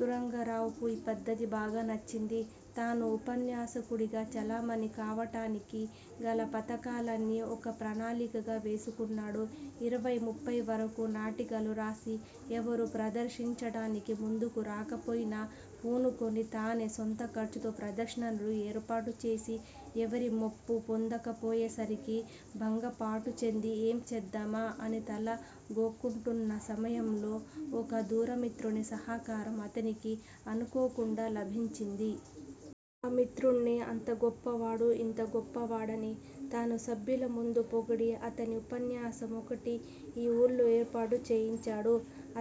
తురంగరావుకు ఈ పద్ధతి బాగా నచ్చింది. తాను ఉపన్యాసకుడిగా చలామణి కావటానికి గల పథకాలన్నీ ఒక ప్రణాళికగా వేసుకున్నాడు. ఇరవై ముప్పై వరకూ నాటికలు రాసి ఎవరూ ప్రదర్శించటానికి ముందుకు రాకపోయినా పూనుకుని తనే సొంతఖర్చుతో ప్రదర్శనలు ఏర్పాటుచేసి, ఎవరి మెప్పూ పొందకపోయేసరికి భంగపాటుచెంది, ఏం చేద్దామా అని తల గోక్కుంటున్న సమయంలో ఒక దూరమిత్రుని సహకారం అతనికి అనుకోకుండా లభించింది. ఆ మిత్రుడ్ని అంత గొప్పవాడు, యింత గొప్పవాడని తను సభ్యులముందు పొగిడి, అతని ఉపన్యాసం ఒకటి ఈ ఊళ్ళో ఏర్పాటు చేయించాడు.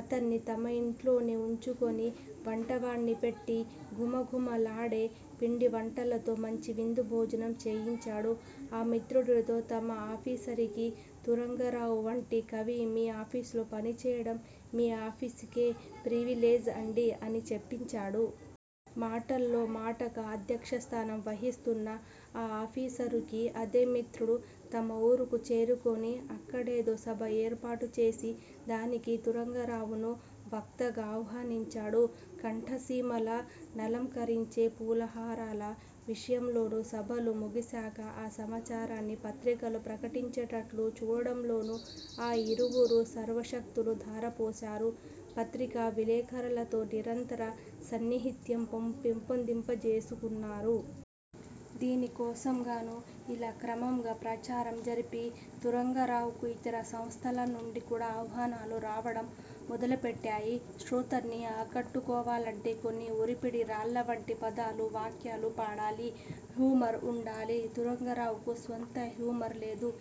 అతన్ని తమయింట్లోనే వుంచుకుని వంటవాడ్ని పెట్టి ఘుమఘుమలాడే పిండివంటలతో మంచి విందుభోజనం చేయించాడు. ఆ మిత్రుడితో తమ ఆఫీసరుకి 'తురంగరావువంటి కవి మీ ఆఫీసులో పనిచేయటం మీ ఆఫీసుకే ప్రివిలేజ్ అండీ' అని చెప్పించాడు. మాటల్లో మాటగా అధ్యక్షస్థానం వహిస్తోన్న ఆ ఆఫీసరుకి అదేమిత్రుడు తమ ఊరుకు చేరుకుని అక్కడేదో సభ ఏర్పాటుచేసి దానికి తురంగరావును వక్తగా ఆహ్వానించాడు. కంఠసీమల నలంకరించే పూలహారాల విషయంలోనూ, సభలు ముగిశాక ఆ సమాచారాన్ని పత్రికలు ప్రకటించేటట్లు చూడడంలోనూ ఆ యిరువురూ సర్వశక్తులూ ధారపోశారు. పత్రికా విలేఖరులతో నిరంతర సాన్నిహిత్యం పెంపొందింపజేసుకున్నారు. దీనికోసంగానూ, ఇలా క్రమంగా ప్రచారం జరిపి తురంగరావుకు యితర సంస్థలనుండికూడా ఆహ్వానాలు రావటం మొదలుపెట్టాయి. శ్రోతల్ని ఆకట్టుకోవాలంటే కొన్ని ఒరిపిడి రాళ్ళవంటి పదాలూ, వాక్యాలూ పడాలి. హ్యూమర్ వుండాలి. తురంగరావుకు స్వంత హ్యూమర్ లేదు.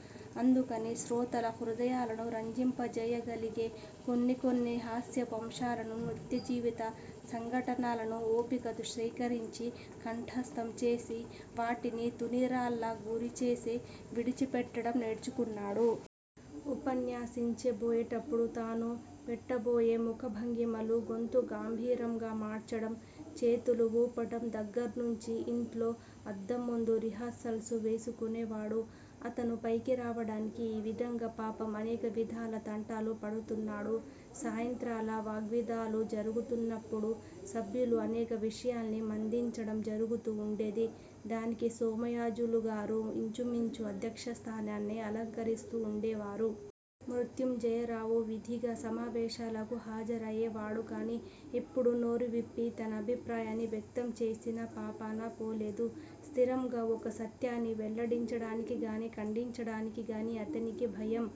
అందుకని శ్రోతల హృదయాలని రంజింపచేయగలిగే కొన్ని కొన్ని హాస్యపు అంశాలనూ, నిత్యజీవిత సంఘటనలనూ ఓపికతో సేకరించి, కంఠస్థం చేసి, వాటిని తూణీరాల్లా గురిచేసి విడిచిపెట్టటం నేర్చుకున్నాడు. ఉపన్యసించబోయేటప్పుడు తను పెట్టబోయే ముఖభంగిమలూ, గొంతు గంభీరంగా మార్చటం, చేతులు వూపటం దగ్గర్నుంచీ యింట్లో అద్దంముందు రిహార్సల్సు వేసుకునేవాడు. అతను పైకి రావటానికి ఈవిధంగా పాపం, అనేకవిధాల తంటాలు పడుతున్నాడు. సాయంత్రాల వాగ్విదాలు జరుగుతున్నప్పుడు సభ్యులు అనేక విషయాల్ని మధించటం జరుగుతూ వుండేది. దానికి సోమయాజులుగారు యించుమించు అధ్యక్షస్థానాన్ని అలంకరిస్తూ వుండేవారు. మృత్యుంజయరావు విధిగా సమావేశాలకు హాజరయేవాడుగాని, ఎప్పుడూ నోరు విప్పి తన అభిప్రాయాన్ని వ్యక్తంచేసిన పాపానపోలేదు. స్థిరంగా ఓ సత్యాన్ని వెల్లడించటానికిగానీ, ఖండించటానికిగానీ అతనికి భయం.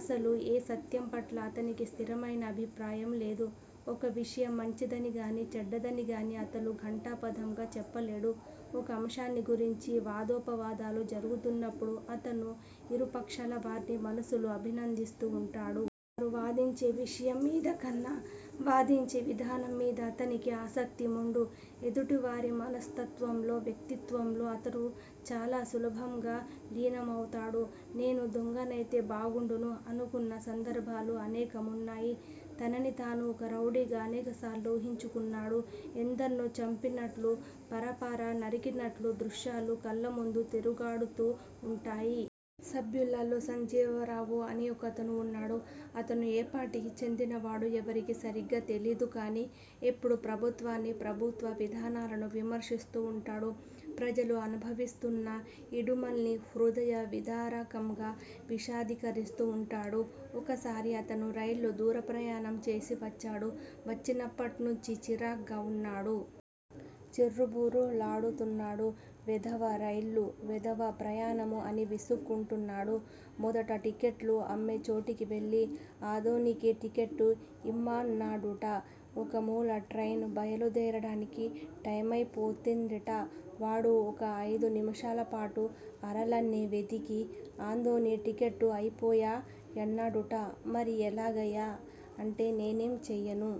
అసలు ఏ సత్యంపట్లా అతనికి స్థిరమైన అభిప్రాయంలేదు. ఒక విషయం మంచిదనిగానీ, చెడ్డదనిగానీ అతను ఘంటాపథంగా చెప్పలేడు. ఒక అంశాన్ని గురించి వాదోపవాదాలు జరుగుతున్నప్పుడు అతను యిరుపక్షాలవార్నీ మనసులో అభినందిస్తూ వుంటాడు. వారు వాదించే విషయం మీదకన్నా, వాదించే విధానంమీద అతనికి ఆసక్తి మెండు. ఎదుటివారి మనస్తత్వంలో, వ్యక్తిత్వంలో అతను చాలా సులభంగా లీనమౌతాడు. 'నేను దొంగనైతే బాగుండును' అనుకున్న సందర్భాలు అనేకం వున్నాయి. తనని తాను ఒక రౌడీగా అనేకసార్లు ఊహించుకున్నాడు. ఎందర్నో చంపినట్లూ, పరపర నరికినట్లూ దృశ్యాలు కళ్ళముందు తిరుగాడుతూ వుంటాయి. సభ్యులలో సంజీవరావు అని ఒకతను వున్నాడు. అతను ఏ పార్టీకి చెందినవాడో ఎవరికీ సరిగ్గా తెలీదుగాని, ఎప్పుడూ ప్రభుత్వాన్నీ, ప్రభుత్వ విధానాలనూ విమర్శిస్తూ వుంటాడు. ప్రజలు అనుభవిస్తూన్న యిడుముల్ని హృదయ విదారకంగా విశదీకరిస్తూ వుంటాడు. ఒకసారి అతను రైల్లో దూర ప్రయాణం చేసి వచ్చాడు. వచ్చినప్పట్నుంచీ చిరాగ్గా వున్నాడు. చిర్రుబుర్రులాడు తున్నాడు. వెధవ రైళ్ళూ, వెధవ ప్రయాణమూ అని విసుక్కుంటున్నాడు. మొదట టిక్కెట్లు అమ్మేచోటికి వెళ్ళి ఆదోనికి టికెట్ యిమ్మన్నాడుట. ఒకమూల ట్రైన్ బయలుదేరటానికి 'టైమయిపోతుందిట. వాడు ఒక అయిదు నిముషాలపాటు అరలన్నీ వెదికి ఆదోని టికెట్లు అయిపోయా యన్నాడుట. 'మరి ఎలాగయ్యా' అంటే 'నేనేం చెయ్యను'